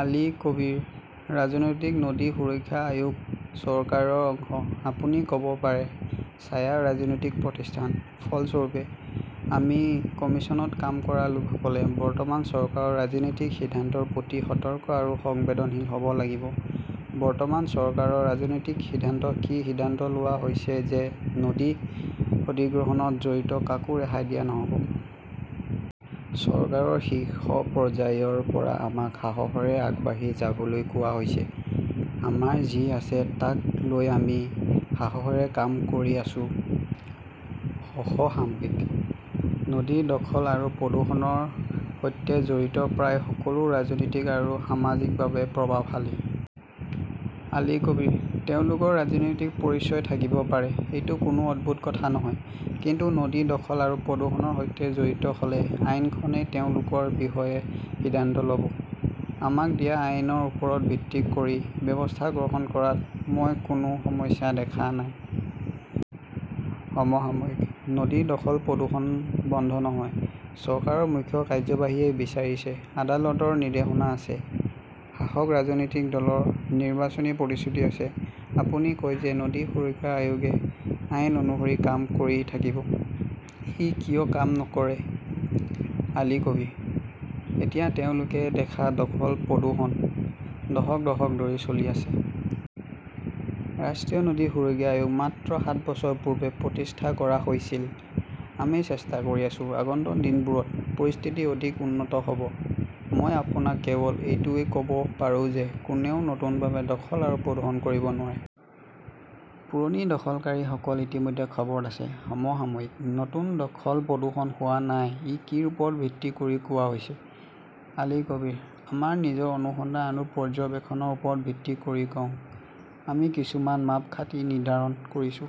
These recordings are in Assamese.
আলী কবীৰঃ ৰাষ্ট্ৰীয় নদী সুৰক্ষা আয়োগ চৰকাৰৰ অংশ। আপুনি ক 'ব পাৰে, ছায়া ৰাজনৈতিক প্ৰতিষ্ঠান। ফলস্বৰূপে, আমি কমিশ্যনত কাম কৰা লোকসকলে বৰ্তমান চৰকাৰৰ ৰাজনৈতিক সিদ্ধান্তৰ প্ৰতি সতৰ্ক আৰু সংবেদনশীল হ 'ব লাগিব। বৰ্তমান চৰকাৰৰ ৰাজনৈতিক সিদ্ধান্ত কি সিদ্ধান্ত লোৱা হৈছে যে নদী অধিগ্ৰহণত জড়িত কাকো ৰেহাই দিয়া নহ 'ব। চৰকাৰৰ শীৰ্ষ পৰ্যায়ৰ পৰা আমাক সাহসৰে আগবাঢ়ি যাবলৈ কোৱা হৈছে। আমাৰ যি আছে তাক লৈ আমি সাহসৰে কাম কৰি আছো। সমসাময়িকঃ নদী দখল আৰু প্ৰদূষণৰ সৈতে জড়িত প্ৰায় সকলো ৰাজনৈতিক আৰু সামাজিকভাৱে প্ৰভাৱশালী। আলী কবীৰঃ তেওঁলোকৰ ৰাজনৈতিক পৰিচয় থাকিব পাৰে। এইটো কোনো অদ্ভুত কথা নহয়। কিন্তু নদী দখল বা প্ৰদূষণৰ সৈতে জড়িত হ’লে আইনখনেই তেওঁলোকৰ বিষয়ে সিদ্ধান্ত ল’ব। আমাক দিয়া আইনৰ ওপৰত ভিত্তি কৰি ব্যৱস্থা গ্ৰহণ কৰাত মই কোনো সমস্যা দেখা নাই। সমসাময়িকঃ নদী দখল-প্ৰদূষণ বন্ধ নহয়। চৰকাৰৰ মুখ্য কাৰ্যবাহীই বিচাৰিছে, আদালতৰ নিৰ্দেশনা আছে, শাসক ৰাজনৈতিক দলৰ নিৰ্বাচনী প্ৰতিশ্ৰুতি আছে। আপুনি কৈছে যে নদী সুৰক্ষা আয়োগে আইন অনুসৰি কাম কৰি থাকিব। ই কিয় কাম নকৰে আলী কবীৰঃ এতিয়া তেওঁলোকে দেখা দখল-প্ৰদূষণ দশক দশক ধৰি চলি আছে। ৰাষ্ট্ৰীয় নদী সুৰক্ষা আয়োগ মাত্ৰ সাত বছৰ পূৰ্বে প্ৰতিষ্ঠা কৰা হৈছিল। আমি চেষ্টা কৰি আছো, আগন্তুক দিনবোৰত পৰিস্থিতি অধিক উন্নত হ 'ব। মই আপোনাক কেৱল এইটোহে ক 'ব পাৰো যে কোনেও নতুনভাৱে দখল আৰু প্ৰদূষণ কৰিব নোৱাৰে। পুৰণি দখলকাৰীসকল ইতিমধ্যে খবৰত আছে। সমসাময়িকঃ নতুন দখল-প্ৰদূষণ হোৱা নাই ই কিৰ ওপৰত ভিত্তি কৰি কোৱা হৈছে আলী কবীৰঃ আমাৰ নিজৰ অনুসন্ধান আৰু পৰ্যবেক্ষণৰ ওপৰত ভিত্তি কৰি কওঁ। আমি কিছুমান মাপকাঠি নিৰ্ধাৰণ কৰিছো।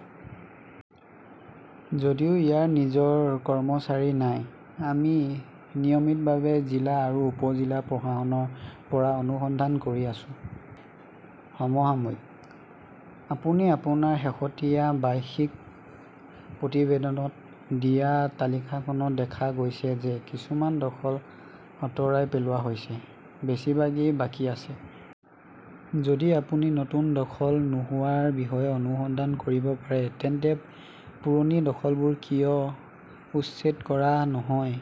যদিও ইয়াৰ নিজৰ কৰ্মচাৰী নাই; আমি নিয়মিতভাৱে জিলা আৰু উপ-জিলা প্ৰশাসনৰ পৰা অনুসন্ধান কৰি আছো। সমসাময়িকঃ আপুনি আপোনাৰ শেহতীয়া বাৰ্ষিক প্ৰতিবেদনত দিয়া তালিকাখনত দেখা গৈছে যে কিছুমান দখল আঁতৰাই পেলোৱা হৈছে; বেছিভাগেই বাকী আছে। যদি আপুনি নতুন দখল নোহোৱাৰ বিষয়ে অনুসন্ধান কৰিব পাৰে তেন্তে পুৰণি দখলবোৰ কিয় উচ্ছেদ কৰা নহয়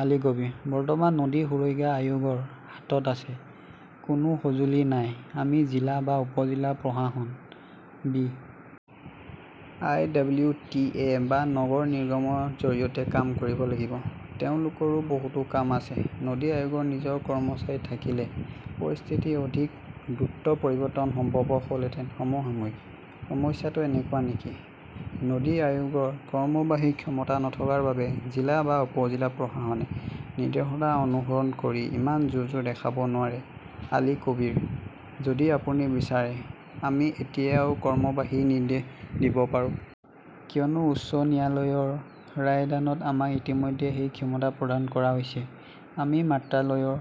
আলী কবীৰঃ বৰ্তমান নদী সুৰক্ষা আয়োগৰ হাতত আছে, কোনো সঁজুলি নাই। আমি জিলা বা উপ-জিলা প্ৰশাসন, B. I. W. T. A. বা নগৰ নিগমৰ জৰিয়তে কাম কৰিব লাগিব। তেওঁলোকৰো বহুতো কাম আছে। নদী আয়োগৰ নিজৰ কৰ্মচাৰী থাকিলে পৰিস্থিতিৰ অধিক দ্ৰুত পৰিৱৰ্তন সম্ভৱ হ "লহেঁতেন। সমসাময়িকঃ সমস্যাটো এনেকুৱা নেকি, নদী আয়োগৰ কাৰ্যবাহী ক্ষমতা নথকাৰ বাবে জিলা বা উপ-জিলা প্ৰশাসনে নিৰ্দেশনা অনুসৰণ কৰি ইমান জোৰ-জোৰ দেখুৱাব নোৱাৰে আলী কবীৰঃ যদি আপুনি বিচাৰে আমি এতিয়াও কৰ্মবাহী নিৰ্দেশ দিব পাৰোঁ। কিয়নো উচ্চ ন্যায়ালয়ৰ ৰায়দানত আমাক ইতিমধ্যে সেই ক্ষমতা প্ৰদান কৰা হৈছে। আমি মন্ত্ৰালয়ৰ